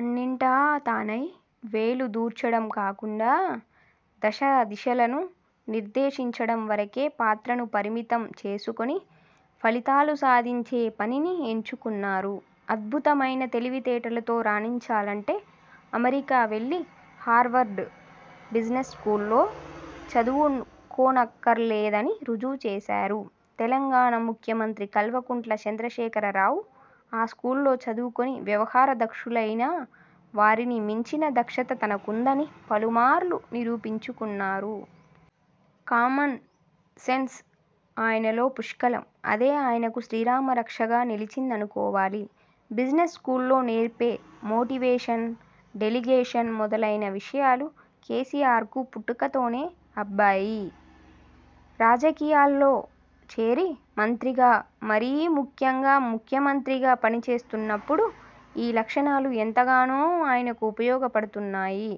అన్నింటా తానై వేలు దూర్చడం కాకుండా దశ, దిశలను నిర్దేశించడం వరకే పాత్రను పరిమితం చేసుకుని ఫలితాలు సాధించే పనిని ఎంచుకున్నారు. అద్భుతమైన తెలివితేటలతో రాణించాలంటే అమెరికా వెళ్లి హార్వర్డ్ బిజినెస్ స్కూల్లో చదువుకోనక్కరలేదని రుజువు చేసారు తెలంగాణా ముఖ్యమంత్రి కల్వకుంట్ల చంద్రశేఖరరావు. ఆ స్కూల్లో చదువుకుని వ్యవహారదక్షులయిన వారిని మించిన దక్షత తనకుందని పలుమార్లు నిరూపించుకున్నారు. కామన్ సెన్స్ ఆయనలో పుష్కలం. అదే ఆయనకు శ్రీరామ రక్షగా నిలిచిందనుకోవాలి. బిజినెస్ స్కూల్లో నేర్పే మోటివేషన్, డెలిగేషన్ మొదలయిన విషయాలు కేసీఆర్కు పుట్టుకతోనే అబ్బాయి. రాజకీయాల్లో చేరి మంత్రిగా, మరీ ముఖ్యంగా ముఖ్యమంత్రిగా పనిచేస్తున్నప్పుడు ఈ లక్షణాలు ఎంతగానో ఆయనకు ఉపయోగపడుతున్నాయి.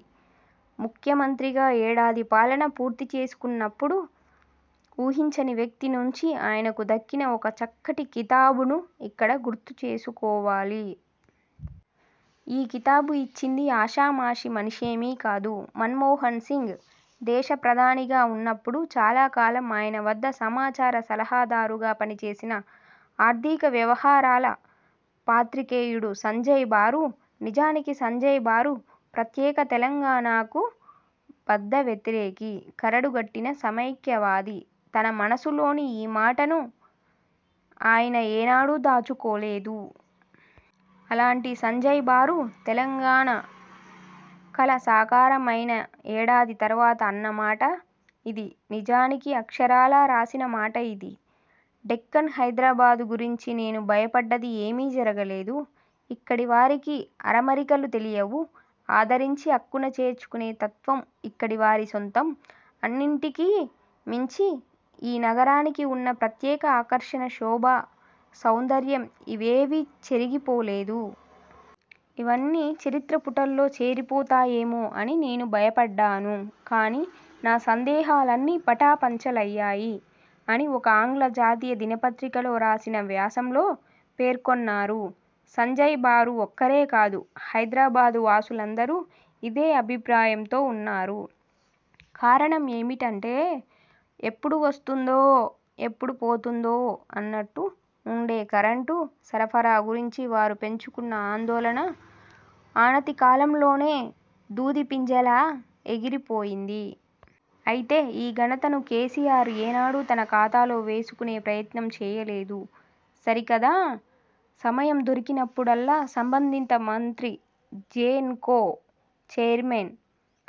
ముఖ్యమంత్రిగా ఏడాది పాలన పూర్తిచేసుకున్నప్పుడు ఊహించని వ్యక్తి నుంచి ఆయనకు దక్కిన ఒక చక్కటి కితాబును ఇక్కడ గుర్తు చేసుకోవాలి. ఈ కితాబు ఇచ్చింది ఆషామాషీ మనిషేమీ కాదు. మన్మోహన్ సింగ్ దేశ ప్రధానిగా వున్నప్పుడు చాలాకాలం ఆయన వద్ద సమాచార సలహాదారుగా పనిచేసిన ఆర్థిక వ్యవహారాల పాత్రికేయుడు సంజయ్ బారు. నిజానికి సంజయ్ బారు ప్రత్యేక తెలంగాణాకు బద్ధ వ్యతిరేకి. కరడుగట్టిన సమైక్యవాది. తన మనస్సులోని ఈ మాటని అయన ఏనాడూ దాచుకోలేదు. అలాంటి సంజయ్ బారు తెలంగాణా కల సాకారం అయిన ఏడాది తరువాత అన్నమాట ఇది. నిజానికి అక్షరాలా రాసిన మాట ఇది. ''డెక్కన్ హైదరాబాదు గురించి నేను భయపడ్డది ఏమీ జరగలేదు. ఇక్కడివారికి అరమరికలు తెలియవు, ఆదరించి అక్కున చేర్చుకునే తత్వం ఇక్కడివారి సొంతం. అన్నింటికీ మించి ఈ నగరానికి వున్న ప్రత్యేక ఆకర్షణ, శోభ, సౌందర్యం ఇవేవీ చెరిగిపోలేదు. ఇవన్నీ చరిత్ర పుటల్లో చేరిపోతాయేమో అని నేను భయపడ్డాను. కానీ నా సందేహాలన్నీ పటాపంచలయ్యాయి'' అని ఒక ఆంగ్ల జాతీయ దినపత్రికలో రాసిన వ్యాసంలో పేర్కొన్నారు. సంజయ్ బారు ఒక్కరే కాదు, హైదరాబాదు వాసులందరూ ఇదే అభిప్రాయంతో వున్నారు. కారణం ఏమిటంటే, ఎప్పుడు వస్తుందో, ఎప్పుడు పోతుందో అన్నట్టు వుండే కరెంటు సరఫరా గురించి వారు పెంచుకున్న ఆందోళన అనతికాలంలోనే దూదిపింజలా ఎగిరిపోయింది. అయితే ఈ ఘనతను కేసీఆర్ ఏనాడూ తన ఖాతాలో వేసుకునే ప్రయత్నం చేయలేదు. సరికదా, సమయం దొరికినప్పుడల్లా సంబంధిత మంత్రి, జెన్కో చైర్మన్,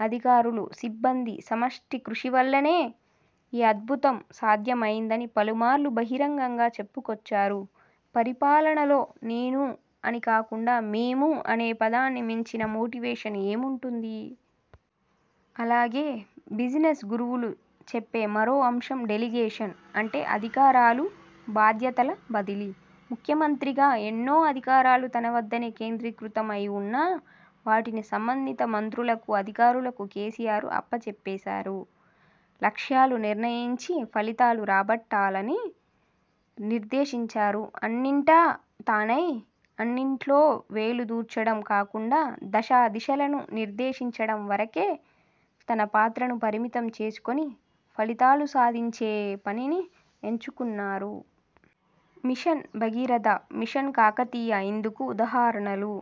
అధికారులు, సిబ్బంది సమష్టి కృషి వల్లనే ఈ 'అద్భుతం' సాధ్యం అయిందని పలుమార్లు బహిరంగంగా చెప్పుకొచ్చారు. పరిపాలనలో 'నేను' అని కాకుండా 'మేము' అనే పదాన్ని మించిన మోటివేషన్ ఏముంటుంది? అలాగే, బిజినెస్ గురువులు చెప్పే మరో అంశం డెలిగేషన్. అంటే అధికారాలు, బాధ్యతల బదిలీ. ముఖ్యమంత్రిగా ఎన్నో అధికారాలు తనవద్దనే కేంద్రీకృతం అయివున్నా వాటిని సంబంధిత మంత్రులకు, అధికారులకు కేసీఆర్ అప్పచెప్పేసారు. లక్ష్యాలు నిర్ణయించి, ఫలితాలు రాబట్టాలని నిర్దేశించారు. అన్నింటా తానయి, అన్నిట్లో వేలు దూర్చడం కాకుండా దశ, దిశలను నిర్దేశించడం వరకే తన పాత్రను పరిమితం చేసుకుని ఫలితాలు సాధించే పనిని ఎంచుకున్నారు. మిషన్ భగీరథ, మిషన్ కాకతీయ ఇందుకు ఉదాహరణలు.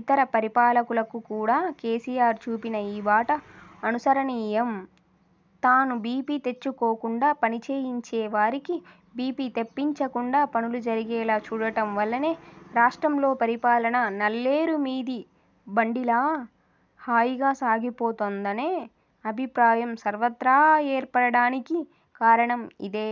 ఇతర పరిపాలకులకు కూడా కేసీఆర్ చూపిన ఈ బాట అనుసరణీయం. తను బీపీ తెచ్చుకోకుండా, పనిచేయించేవారికి బీపీ తెప్పించకుండా పనులు జరిగేలా చూడడం వల్లనే రాష్ట్రంలో పరిపాలన నల్లేరు మీది బండిలా హాయిగా సాగిపోతోందనే అభిప్రాయం సర్వత్రా ఏర్పడడానికి కారణం ఇదే.